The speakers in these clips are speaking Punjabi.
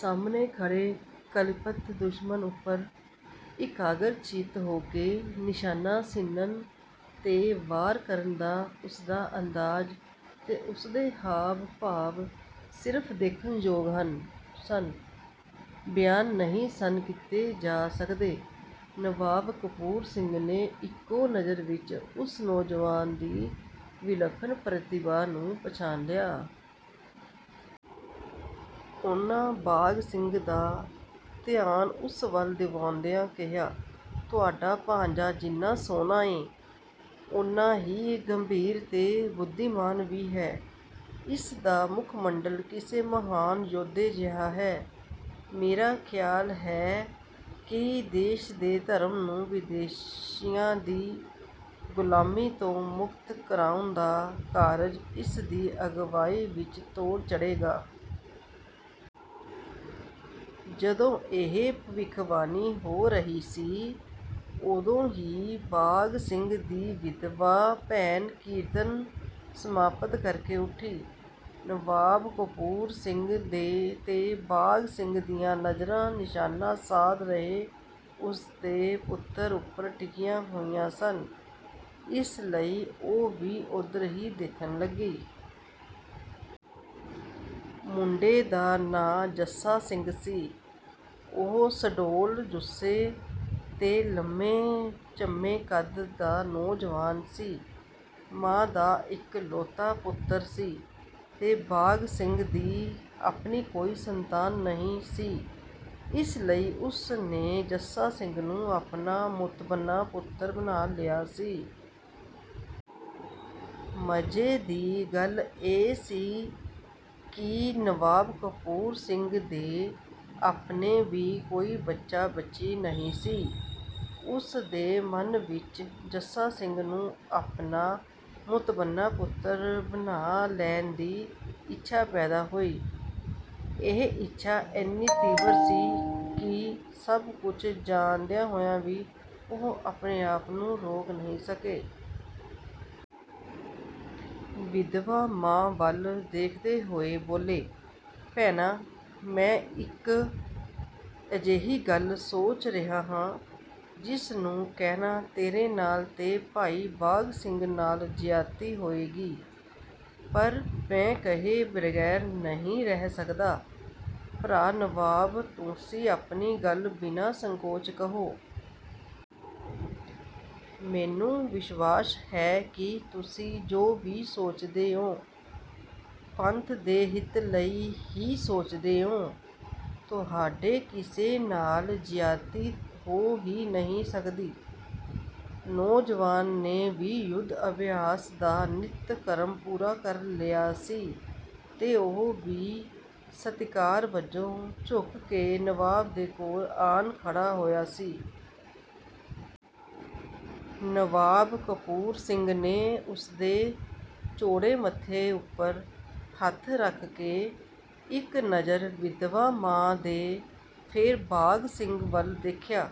ਸਾਹਮਣੇ ਖੜ੍ਹੇ ਕਲਪਿਤ ਦੁਸ਼ਮਣ ਉੱਪਰ ਇਕਾਗਰ-ਚਿੱਤ ਹੋ ਕੇ ਨਿਸ਼ਾਨਾ ਸਿੰਨ੍ਹਣ ਤੇ ਵਾਰ ਕਰਨ ਦਾ ਉਸਦਾ ਅੰਦਾਜ਼ ਤੇ ਉਸਦੇ ਹਾਵ-ਭਾਵ ਸਿਰਫ਼ ਦੇਖਣ ਯੋਗ ਸਨ, ਬਿਆਨ ਨਹੀਂ ਸਨ ਕੀਤੇ ਜਾ ਸਕਦੇ। ਨਵਾਬ ਕਪੂਰ ਸਿੰਘ ਨੇ ਇੱਕੋ ਨਜ਼ਰ ਵਿੱਚ ਉਸ ਨੌਜਵਾਨ ਦੀ ਵਿਲੱਖਣ ਪ੍ਰਤਿਭਾ ਨੂੰ ਪਛਾਣ ਲਿਆ। ਉਹਨਾਂ ਬਾਘ ਸਿੰਘ ਦਾ ਧਿਆਨ ਉਸ ਵੱਲ ਦਿਵਾਉਂਦਿਆਂ ਕਿਹਾ, "ਤੁਹਾਡਾ ਭਾਣਜਾ ਜਿੰਨਾਂ ਸੋਹਣਾ ਏ, ਓਨਾਂ ਹੀ ਗੰਭੀਰ ਤੇ ਬੁੱਧੀਮਾਨ ਵੀ ਹੈ। ਇਸ ਦਾ ਮੁਖ-ਮੰਡਲ ਕਿਸੇ ਮਹਾਨ ਯੋਧੇ ਜਿਹਾ ਹੈ। ਮੇਰਾ ਖ਼ਿਆਲ ਹੈ ਕਿ ਦੇਸ਼ ਤੇ ਧਰਮ ਨੂੰ ਵਿਦੇਸ਼ੀਆਂ ਦੀ ਗ਼ੁਲਾਮੀ ਤੋਂ ਮੁਕਤ ਕਰਵਾਉਣ ਦਾ ਕਾਰਜ ਇਸ ਦੀ ਅਗਵਾਈ ਵਿੱਚ ਤੋੜ ਚੜ੍ਹੇਗਾ।" ਜਦੋਂ ਇਹ ਭਵਿੱਖਬਾਣੀ ਹੋ ਰਹੀ ਸੀ, ਉਦੋਂ ਹੀ ਬਾਘ ਸਿੰਘ ਦੀ ਵਿਧਵਾ ਭੈਣ ਕੀਰਤਨ ਸਮਾਪਤ ਕਰਕੇ ਉੱਠੀ। ਨਵਾਬ ਕਪੂਰ ਸਿੰਘ ਤੇ ਬਾਘ ਸਿੰਘ ਦੀਆਂ ਨਜ਼ਰਾਂ ਨਿਸ਼ਾਨਾ ਸਾਧ ਰਹੇ ਉਸਦੇ ਪੁੱਤਰ ਉੱਪਰ ਟਿਕੀਆਂ ਹੋਈਆਂ ਸਨ, ਇਸ ਲਈ ਉਹ ਵੀ ਉਧਰ ਹੀ ਦੇਖਣ ਲੱਗੀ। ਮੁੰਡੇ ਦਾ ਨਾਂ ਜੱਸਾ ਸਿੰਘ ਸੀ। ਉਹ ਸੁਡੌਲ ਜੁੱਸੇ ਤੇ ਲੰਮੇ-ਝੰਮੇ ਕੱਦ ਦਾ ਨੌਜਵਾਨ ਸੀ। ਮਾਂ ਦਾ ਇਕਲੌਤਾ ਪੁੱਤਰ ਸੀ ਤੇ ਬਾਘ ਸਿੰਘ ਦੀ ਆਪਣੀ ਕੋਈ ਸੰਤਾਨ ਨਹੀਂ ਸੀ, ਇਸ ਲਈ ਉਸ ਨੇ ਜੱਸਾ ਸਿੰਘ ਨੂੰ ਆਪਣਾ ਮੁਤਬੰਨਾ-ਪੁੱਤਰ ਬਣਾ ਲਿਆ ਸੀ। ਮਜੇ ਦੀ ਗੱਲ ਇਹ ਸੀ ਕਿ ਨਵਾਬ ਕਪੂਰ ਸਿੰਘ ਦੇ ਆਪਣੇ ਵੀ ਕੋਈ ਬੱਚਾ-ਬੱਚੀ ਨਹੀਂ ਸੀ। ਉਸਦੇ ਮਨ ਵਿੱਚ ਜੱਸਾ ਸਿੰਘ ਨੂੰ ਆਪਣਾ ਮੁਤਬੰਨਾ-ਪੁੱਤਰ ਬਣਾ ਲੈਣ ਦੀ ਇੱਛਾ ਪੈਦਾ ਹੋਈ। ਇਹ ਇੱਛਾ ਏਨੀ ਤੀਬਰ ਸੀ ਕਿ ਸਭ ਕੁਝ ਜਾਣਦਿਆਂ ਹੋਇਆਂ ਵੀ ਉਹ ਆਪਣੇ ਆਪ ਨੂੰ ਰੋਕ ਨਹੀਂ ਸਕੇ। ਵਿਧਵਾ ਮਾਂ ਵੱਲ ਦੇਖਦੇ ਹੋਏ ਬੋਲੇ, "ਭੈਣਾ ਮੈਂ ਇੱਕ ਅਜਿਹੀ ਗੱਲ ਸੋਚ ਰਿਹਾਂ, ਜਿਸ ਨੂੰ ਕਹਿਣਾ ਤੇਰੇ ਨਾਲ ਤੇ ਭਾਈ ਬਾਘ ਸਿੰਘ ਨਾਲ ਜ਼ਿਆਦਤੀ ਹੋਏਗੀ, ਪਰ ਮੈਂ ਕਹੇ ਬਗੈਰ ਨਹੀਂ ਰਹਿ ਸਕਦਾ।" "ਭਰਾ ਨਵਾਬ ਤੁਸੀਂ ਆਪਣੀ ਗੱਲ ਬਿਨਾਂ ਸੰਕੋਚ ਕਹੋ। ਮੈਨੂੰ ਵਿਸ਼ਵਾਸ ਹੈ ਕਿ ਤੁਸੀਂ ਜੋ ਵੀ ਸੋਚਦੇ ਓ ਪੰਥ ਦੇ ਹਿੱਤ ਲਈ ਹੀ ਸੋਚਦੇ ਓ। ਤੁਹਾਤੋਂ ਕਿਸੇ ਨਾਲ ਜ਼ਿਆਦਤੀ ਹੋ ਹੀ ਨਹੀਂ ਸਕਦੀ।" ਨੌਜਵਾਨ ਨੇ ਵੀ ਯੁੱਧ ਅਭਿਆਸ ਦਾ ਨਿੱਤ-ਕਰਮ ਪੂਰਾ ਕਰ ਲਿਆ ਸੀ ਤੇ ਉਹ ਵੀ ਸਤਿਕਾਰ ਵਜੋਂ ਝੁਕ ਕੇ ਨਵਾਬ ਦੇ ਕੋਲ ਆਣ ਖੜ੍ਹਾ ਹੋਇਆ ਸੀ। ਨਵਾਬ ਕਪੂਰ ਸਿੰਘ ਨੇ ਉਸਦੇ ਚੌੜੇ ਮੱਥੇ ਉੱਪਰ ਹੱਥ ਰੱਖ ਕੇ, ਇੱਕ ਨਜ਼ਰ ਵਿਧਵਾ ਮਾਂ ਤੇ ਫੇਰ ਬਾਘ ਸਿੰਘ ਵੱਲ ਦੇਖਿਆ।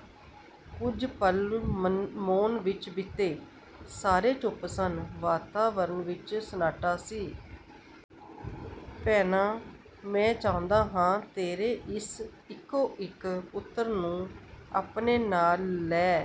ਕੁਝ ਪਲ ਮੌਨ ਵਿੱਚ ਬੀਤੇ। ਸਾਰੇ ਚੁੱਪ ਸਨ। ਵਾਤਾਵਰਣ ਵਿੱਚ ਸੰਨਾਟਾ ਸੀ। "ਭੈਣਾ ਮੈਂ ਚਾਹੁੰਦਾ ਹਾਂ ਤੇਰੇ ਇਸ ਇੱਕੋ-ਇੱਕ ਪੁੱਤਰ ਨੂੰ ਆਪਣੇ ਨਾਲ ਲੈ